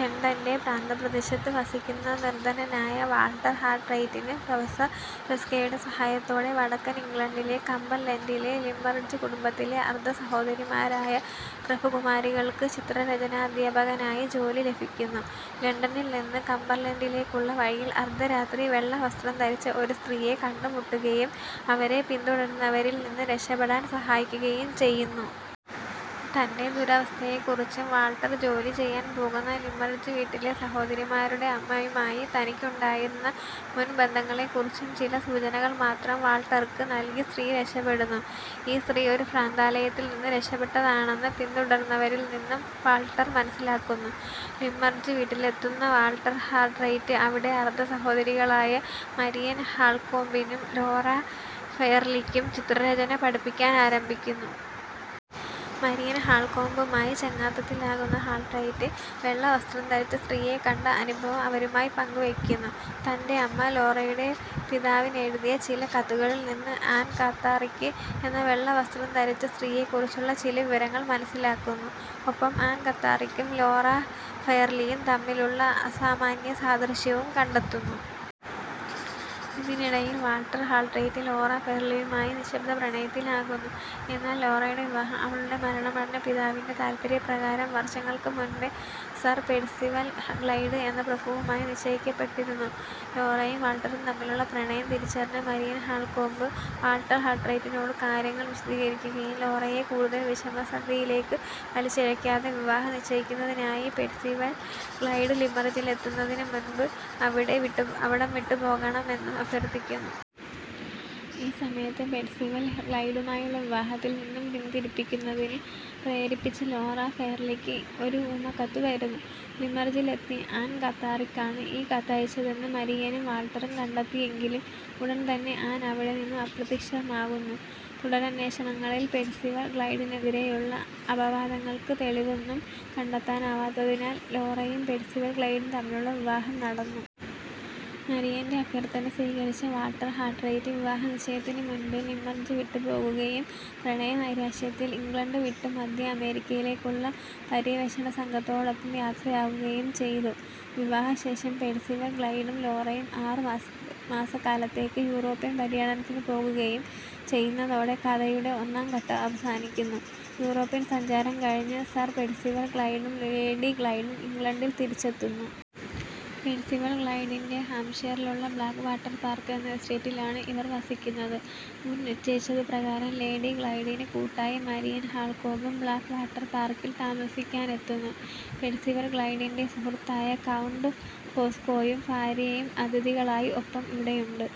ലണ്ടന്റെ പ്രാന്തപ്രദേശത്ത് വസിക്കുന്ന നിർധനനായ Walter ഹാർട്രൈറ്റിന്, professor പെസ്കയുടെ സഹായത്തോടെ വടക്കൻ ഇംഗ്ലണ്ടിലെ കംബർലൻഡിലെ ലിമ്മറിഡ്ജ് കുടുംബത്തിലെ അർദ്ധസഹോദരിമാരായ പ്രഭുകുമാരികൾക്ക് ചിത്രരചനാദ്ധ്യാപകനായി ജോലി ലഭിക്കുന്നു. ലണ്ടനിൽ നിന്ന് കംബർലൻഡിലേക്കുള്ള വഴിയിൽ അർദ്ധരാത്രി, വെള്ളവസ്ത്രം ധരിച്ച ഒരു സ്ത്രീയെ കണ്ടുമുട്ടുകയും, അവരെ പിന്തുടരുന്നവരിൽ നിന്നും രക്ഷപ്പെടാൻ സഹായിക്കുകയും ചെയ്യുന്നു. തന്റെ ദുരവസ്ഥയെക്കുറിച്ചും, വാൾട്ടർ ജോലി ചെയ്യാൻ പോകുന്ന ലിമ്മറിഡ്ജ് വീട്ടിലെ സഹോദരിമാരുടെ അമ്മയുമായി തനിക്കുണ്ടായിരുന്ന മുൻബന്ധങ്ങളെക്കുറിച്ചും ചില സൂചനകൾ മാത്രം വാൾട്ടർക്ക് നൽകി സ്ത്രീ രക്ഷപ്പെടുന്നു. ഈ സ്ത്രീ ഒരു ഭ്രാന്താലയത്തിൽ നിന്നും രക്ഷപ്പെട്ടതാണെന്ന് പിന്തുടർന്നവരിൽ നിന്നും വാൾട്ടർ മനസ്സിലാക്കുന്നു. ലിമ്മറിഡ്ജ് വീട്ടിലെത്തുന്ന വാൾട്ടർ ഹാർട്രൈറ്റ് അവിടെ അർദ്ധസഹോദരികളായ മരിയൻ ഹാൾകോമ്പിനും ലോറ ഫെയർലിക്കും ചിത്രരചന പഠിപ്പിക്കാനാരംഭിക്കുന്നു. മരിയൻ ഹാൾകോമ്പുമായി ചങ്ങാത്തത്തിലാകുന്ന ഹാർട്രൈറ്റ്, വെള്ളവസ്ത്രം ധരിച്ച സ്ത്രീയെക്കണ്ട അനുഭവം അവരുമായി പങ്കുവെക്കുന്നു. തന്റെ അമ്മ, ലോറയുടെ പിതാവിനെഴുതിയ ചില കത്തുകളിൽ നിന്ന് ആൻ കാത്തറിക്ക് എന്ന വെള്ളവസ്ത്രം ധരിച്ച സ്ത്രീയെക്കുറിച്ചുള്ള ചില വിവരങ്ങൾ മനസ്സിലാക്കുന്നു. ഒപ്പം ആൻ കാത്തറിക്കും ലോറ ഫെയർലിയും തമ്മിലുള്ള അസാമാന്യസാദൃശ്യവും കണ്ടെത്തുന്നു. ഇതിനിടയിൽ വാൾട്ടർ ഹാർട്രൈറ്റ്, ലോറ ഫെയർലിയുമായി നിശ്ശബ്ദപ്രണയത്തിലാകുന്നു. എന്നാൽ ലോറയുടെ വിവാഹം അവളുടെ മരണമടഞ്ഞ പിതാവിന്റെ താല്പര്യപ്രകാരം വർഷങ്ങൾക്കു മുൻപേ സർ പെഴ്സിവൽ ഗ്ലൈഡ് എന്ന പ്രഭുവുമായി നിശ്ചയിക്കപ്പെട്ടിരുന്നു. ലോറയും വാൾട്ടറും തമ്മിലുള്ള പ്രണയം തിരിച്ചറിഞ്ഞ മരിയൻ ഹാൾകോമ്പ്, വാൾട്ടർ ഹാർട്രൈറ്റിനോട് കാര്യങ്ങൾ വിശദീകരിക്കുകയും ലോറയെ കൂടുതൽ വിഷമസന്ധിയിലേക്ക് വലിച്ചിഴക്കാതെ, വിവാഹം നിശ്ചയിക്കുന്നതിനായി പെഴ്സിവൽ ഗ്ലൈഡ് ലിമ്മറിഡ്ജിലെത്തുന്നതിനുമുൻപ് അവിടം വിട്ടുപോകണമെന്നും അഭ്യർത്ഥിക്കുന്നു. ഈ സമയത്ത് പെഴ്സിവൽ ഗ്ലൈഡുമായുള്ള വിവാഹത്തിൽ നിന്നും പിന്തിരിപ്പിക്കുന്നതിന് പ്രേരിപ്പിച്ച് ലോറ ഫെയർലിക്ക് ഒരു ഊമക്കത്ത് വരുന്നു. ലിമ്മറിഡ്ജിലെത്തിയ ആൻ കാത്തറിക്കാണ് ഈ കത്തയച്ചതെന്ന് മരിയനും വാൾട്ടറും കണ്ടെത്തിയെങ്കിലും, ഉടൻ തന്നെ ആൻ അവിടെ നിന്നും അപ്രത്യക്ഷമാകുന്നു. തുടരന്വേഷണങ്ങളിൽ പെഴ്സിവൽ ഗ്ലൈഡിനെതിരെയുള്ള അപവാദങ്ങൾക്ക് തെളിവൊന്നും കണ്ടെത്താനാവത്തതിനാൽ ലോറയും പെഴ്സിവൽ ഗ്ലൈഡും തമ്മിലുള്ള വിവാഹം നടന്നു. മരിയന്റെ അഭ്യർത്ഥന സ്വീകരിച്ച് വാൾട്ടർ ഹാർട്രൈറ്റ്, വിവാഹനിശ്ചയത്തിനു മുൻപേ ലിമ്മറിഡ് വിട്ടുപോകുകയും പ്രണയനൈരാശ്യത്തിൽ ഇംഗ്ലണ്ട് വിട്ട് മദ്ധ്യ അമേരിക്കയിലേക്കുള്ള പര്യവേഷണ സംഘത്തോടൊപ്പം യാത്രയാകുകയും ചെയ്തു. വിവാഹശേഷം പെഴ്സിവൽ ഗ്ലൈഡും ലോറയും ആറു മാസക്കാലത്തേക്ക് യൂറോപ്യൻ പര്യടനത്തിനു പോകുകയും ചെയ്യുന്നതോടെ കഥയുടെ ഒന്നാം ഘട്ടം അവസാനിക്കുന്നു. യൂറോപ്യൻ സഞ്ചാരം കഴിഞ്ഞ് സർ പെഴ്സിവൽ ഗ്ലൈഡും ലേഡി ഗ്ലൈഡും ഇംഗ്ലണ്ടിൽ തിരിച്ചെത്തുന്നു. പെഴ്സിവൽ ഗ്ലൈഡിന്റെ ഹാംഷയറിലുള്ള ബ്ലാക്ക് വാട്ടർ പാർക്ക് എന്ന എസ്റ്റേറ്റിലാണ് ഇവർ വസിക്കുന്നത്. മുൻ നിശ്ചയിച്ചതു പ്രകാരം ലേഡി ഗ്ലൈഡിന് കൂട്ടായി മരിയൻ ഹാൾകോമ്പും ബ്ലാക്ക് വാട്ടർ പാർക്കിൽ താമസിക്കാനെത്തുന്നു. പെഴ്സിവൽ ഗ്ലൈഡിന്റെ സുഹൃത്തായ കൗണ്ട് ഫോസ്കോയും ഭാര്യയും അതിഥികളായി ഒപ്പം ഇവിടെയുണ്ട്.